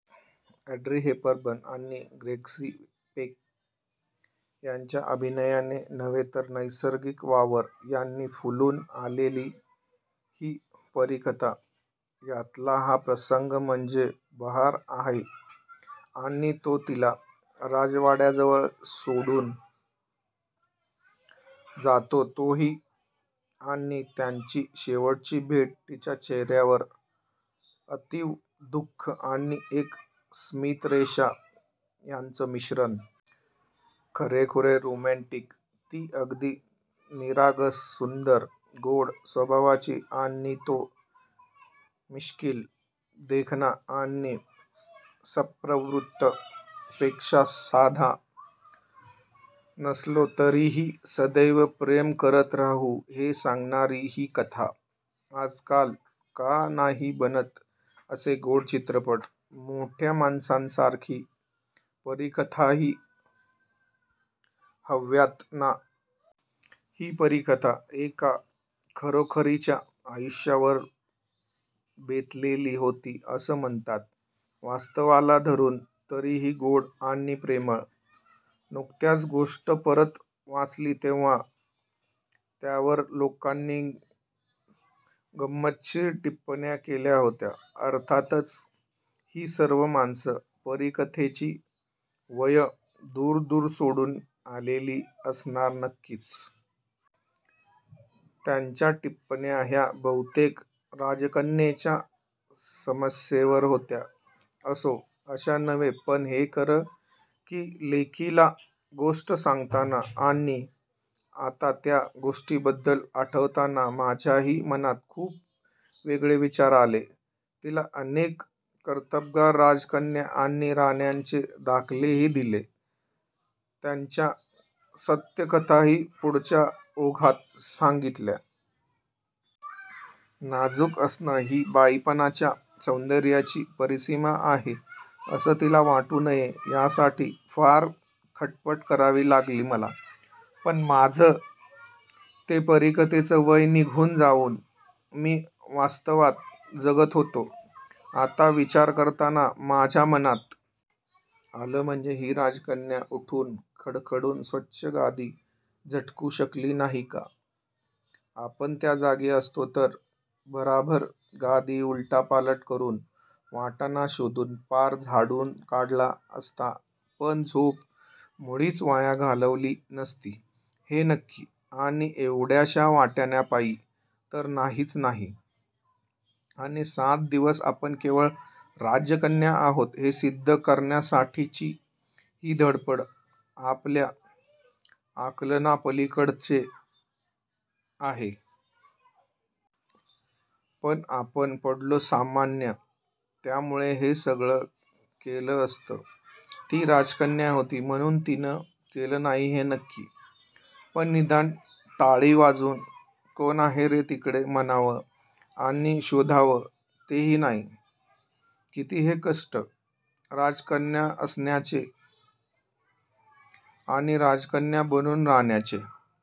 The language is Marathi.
ऑड्री हेपबर्न आणि ग्रेगरी पेक ह्यांच्या अभिनयाने नव्हे तर नैसर्गिक वावर यांनी फुलून आलेली ही परीकथा. ह्यातला हा प्रसंग म्हणजे बहार आहे आणि तो तिला राजवाड्याजवळ सोडून जातो तोही आणि त्यांची शेवटची भेट तिच्या चेहऱ्यावर अतीव दुःख आणि एक स्मितरेषा ह्याचं मिश्रण! खरेखुरे रोमँटिक.. ती अगदी निरागस सुंदर, गोड स्वभावाची आणि तो मिश्किल, देखणा आणि सत्प्रवृत्त! पेक्षा, साथ नसलो तरीही सदैव प्रेम करत राहू हे सांगणारी ही कथा! आजकाल का नाही बनत असे गोड चित्रपट. मोठ्या माणसांसाठी परीकथाही हव्यात ना! ही परीकथा एका खरोखरीच्या आयुष्यावर बेतलेली होती असं म्हणतात. वास्तवाला धरुन तरीही गोड आणि प्रेमळ. नुकत्यात गोष्ट परत वाचली तेंव्हा त्यावर लोकांनी गंमतशीर टिप्पण्या केल्या होत्या. अर्थातच ही सर्व माणसं परीकथेची वयं दूर-दूर सोडून आलेली असणार नक्कीच. त्यांच्या टिप्पण्या ह्या बहुतेक राजकन्येच्या समस्येवर होत्या. असो! अशा नव्हे पण हे खरं की लेकीला गोष्ट सांगताना, आणि आता त्या गोष्टीबद्दल आठवताना माझ्याही मनात खूप वेगळे विचार आले. तिला अनेक कर्तबगार राजकन्या आणि राण्यांचे दाखलेही दिले, त्यांच्या सत्यकथाही पुढच्या ओघात सांगितल्या. नाजूक असणं ही बाईपणाच्या सौन्दर्याची परिसीमा आहे असं तिला वाटू नये, यासाठी फार खटपट करावी लागली मला. कारण माझं ते परीकथेचं वय निघून जाऊन मी वास्तवात जगत होते. आता विचार करताना माझ्या मनात आलं म्हणजे ही राजकन्या उठून खडखडून स्वच्छ गादी झटकू शकली नाही का, आपण त्या जागी असतो तर भराभर गादी उलटपालट करुन, वाटाणा शोधून पार झाडून काढला असता पण झोप मुळीच वाया घालवली नसती हे नक्की आणि एवढ्याश्या वाटाण्यापायी तर नाहीच नाही आणि सात दिवस आपण केवळ राजकन्या आहोत हे सिद्ध करण्यासाठीची ही धडपड आपल्या आकलनापलीकडेच आहे. पण आपण पडलो सामान्य त्यामुळे हे सगळं केलं असतं, ती राजकन्या होती म्हणून तिनं केलं नाही हे नक्की! पण निदान टाळी वाजवून "कोण आहे रे तिकडे म्हणावं "आणि शोधावं तेही नाही. किती हे कष्ट राजकन्या असण्याचे आणि राजकन्या बनून राहण्याचे.